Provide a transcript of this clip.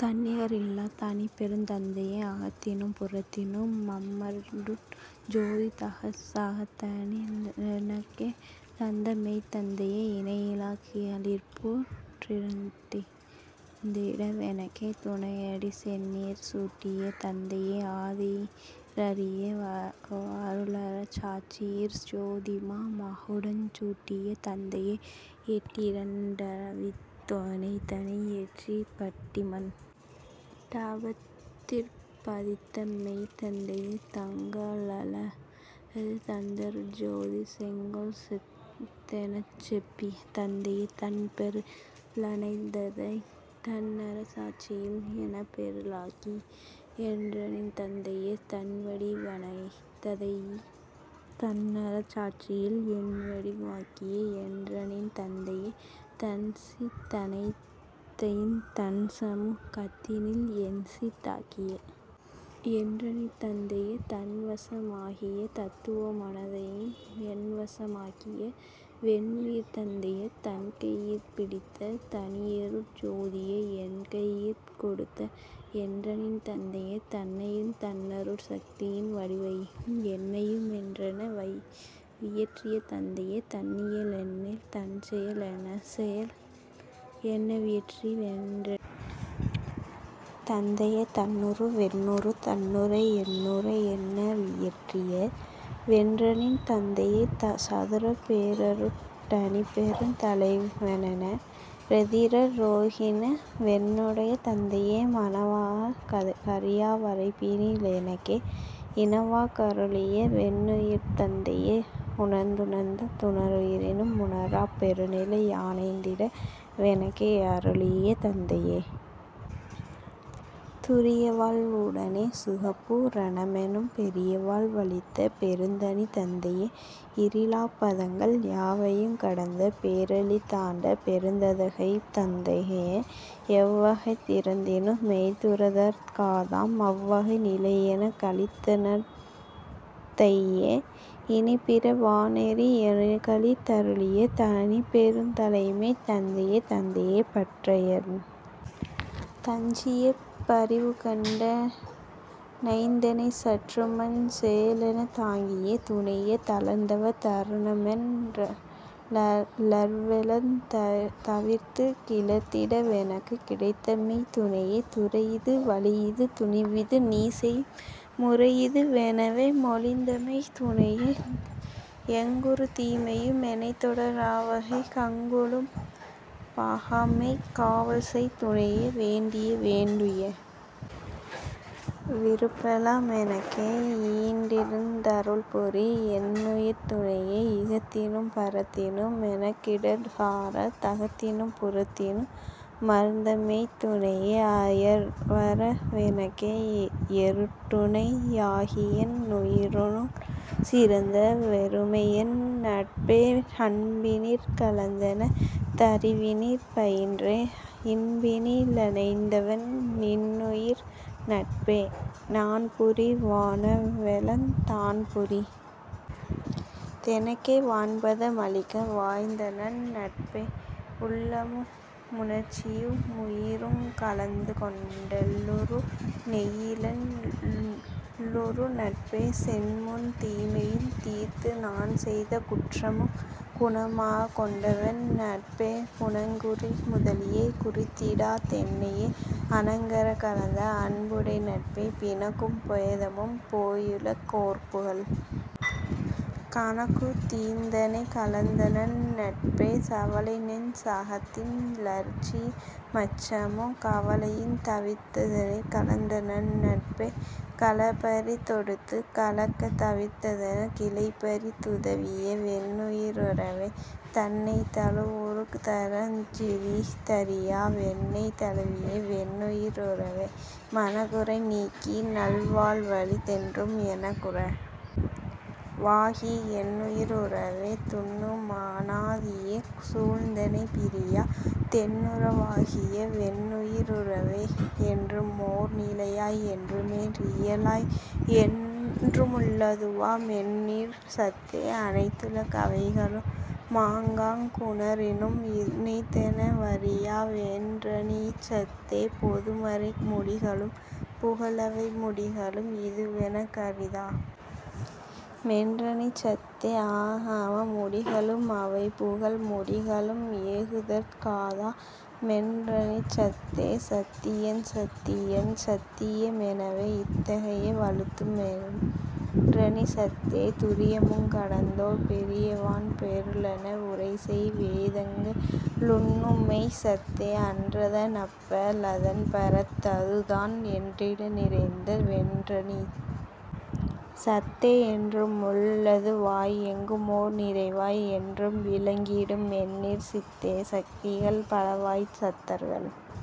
தன்னிக ரில்லாத் தனிப்பெருந் தந்தையே அகத்தினும் புறத்தினு மமர்ந்தருட் ஜோதி சகத்தினி லெனக்கே தந்தமெய்த் தந்தையே இணையிலாக் களிப்புற் றிருந்திட வெனக்கே துணயடி சென்னியிற் சூட்டிய தந்தையே ஆதியீ றறியா வருளர சாட்சியிற் ஜோதிமா மகுடஞ் சூட்டிய தந்தையே எட்டிரண் டறிவித் தெனைத்தனி யேற்றிப் பட்டிமண் டபத்திற் பதித்தமெய்த் தந்தையே தங்கோ லளவது தந்தருட் ஜோதிச் செங்கோல் சொத்தெனச் செப்பிய தந்தையே தன்பொரு ளனைத்தையுந் தன்னர சாட்சியில் என்பொரு ளாக்கிய என்றனித் தந்தையே தன்வடி வனைத்தையுந் தன்னர சாட்சியில் என்வடி வாக்கிய என்றனித் தந்தையே தன்சித் தனைத்தையுந் தன்சமு கத்தினில் என்சித் தாக்கிய என்றனித் தந்தையே தன்வச மாகிய தத்துவ மனைத்தையும் என்வச மாக்கிய வென்னுயிர்த் தந்தையே தன்கையிற் பிடித்த தனியருட் ஜோதியை என்கையிற் கொடுத்த என்றனித் தந்தையே தன்னையுந் தன்னருட் சத்தியின் வடிவையும் என்னையு மொன்றென வியற்றிய தந்தையே தன்னிய லென்னியல் தன்செய லென்செயல் என்ன வியற்றிய வென்றனித் தந்தையே தன்னுரு வென்னுரு தன்னுரை யென்னுரை என்ன வியற்றிய வென்றனித் தந்தையே சதுரப் பேரருட் டனிப்பெருந் தலைவனென் றெதிரற் றோங்கிய வென்னுடைத் தந்தையே மனவாக் கறியா வரைப்பினி லெனக்கே இனவாக் கருளிய வென்னுயிர்த் தந்தையே உணர்ந்துணர்ந் துணரினு முணராப் பெருநிலை யணைந்திட வெனக்கே யருளிய தந்தையே துரியவாழ் வுடனே சுகபூ ரணமெனும் பெரியவாழ் வளித்த பெருந்தனித் தந்தையே இறிலாப் பதங்கள் யாவையுங் கடந்த பேறளித் தாண்ட பெருந்தகைத் தந்தையே எவ்வகைத் திறத்தினு மெய்துதற் காதாம் அவ்வகை நிலையெனக் களித்தநற் றந்தையே இனிப்பிற வாநெறி யெனக்களித் தருளிய தனிப்பெருந் தலைமைத் தந்தையே தந்தையே பற்றயர்ந் தஞ்சிய பரிவுகண்ட ணைந்தெனைச் சற்றுமஞ் சேலெனத் தாங்கிய துணையே தளர்ந்தவத் தருணமென் றளர்வெலாந் தவிர்த்துட் கிளர்ந்திட வெனக்குக் கிடைத்தமெய்த் துணையே துறையிது வழியிது துணிவிது நீசெயும் முறையிது வெனவே மொழிந்தமெய்த் துணையே எங்குறு தீமையு மெனைத்தொட ராவகை கங்குலும் பகாமெய்க் காவல்செய் துணையே வேண்டிய வேண்டுய விருப்பெலா மெனக்கே யீண்டிருந் தருள்புரி யென்னுயிர்த் துணையே இகத்தினும் பரத்தினு மெனக்கிடர் சாரா தகத்தினும் புறத்தினு மமர்ந்தமெய்த் துணையே அயர்வற வெனக்கே யருட்டுணை யாகியென் னுயினுஞ் சிறந்த வொருமையென் னட்பே அன்பினிற் கலந்தென தறிவினிற் பயின்றே இன்பினி லளைந்தவென் னின்னுயிர் நட்பே நான்புரி வனவெலாந் தான்புரிந் தெனக்கே வான்பத மளிக்க வாய்த்தநன் னட்பே உள்ளமு முணர்ச்சியு முயிருங் கலந்துகொண் டெள்ளுறு நெய்யிலென் னுள்ளுறு நட்பே செற்றமுந் தீமையுந் தீர்த்துநான் செய்த குற்றமுங் குணமாக் கொண்டவென் னட்பே குணங்குறி முதலிய குறித்திடா தெனையே அணங்கறக் கலந்த அன்புடை நட்பே பிணக்கும் பேதமும் பேயுல கோர்புகல் கணக்குந் தீர்த்தெனைக் கலந்தநன் னட்பே சவலைநெஞ் சகத்தின் றளர்ச்சியு மச்சமு கவலையுந் தவிர்த்தெனைக் கலந்தநன் னட்பே களப்பறிந் தெடுத்துக் கலக்கந் தவிர்த்தெனக் கிளைப்பறிந் துதவிய வென்னுயி ருறவே தன்னைத் தழுவுறு தரஞ்சிறி தறியா வென்னைத் தழுவிய வென்னுயி ருறவே மனக்குறை நீக்கிநல் வாழ்வளித் தென்றும் எனக்குற வாகிய என்னுயி ருறவே துன்னு மனாதியே சூழ்ந்தெனைப் பிரியா தென்னுற வாகிய வென்னுயி ருறவே என்றுமோர் நிலையாய் என்றுமோ ரியலாய் என்றுமுள் ளதுவா மென்றனிச் சத்தே அனைத்துல கவைகளு மாங்காங் குணரினும் இனைத்தென வறியா வென்றனிச் சத்தே பொதுமறை முடிகளும் புகலவை முடிகளும் இதுவெனக் கரிதா மென்றனிச் சத்தே ஆகம முடிகளு மவைபுகல் முடிகளும் ஏகுதற் காதா மென்றனிச் சத்தே சத்தியஞ் சத்தியஞ் சத்திய மெனவே இத்தகை வழுத்து மென்றனிச் சத்தே துரியமுங் கடந்ததோர் பெரியவான் பொருளென உரைசெய் வேதங்க ளுன்னுமெய்ச் சத்தே அன்றத னப்பா லதன்பரத் ததுதான் என்றிட நிறைந்த வென்றனிச் சத்தே என்றுமுள் ளதுவாய் எங்குமோர் நிறைவாய் என்றும் விளங்கிடு மென்றனிச் சித்தே சத்திகள் பலவாய்த் சத்தர்கள்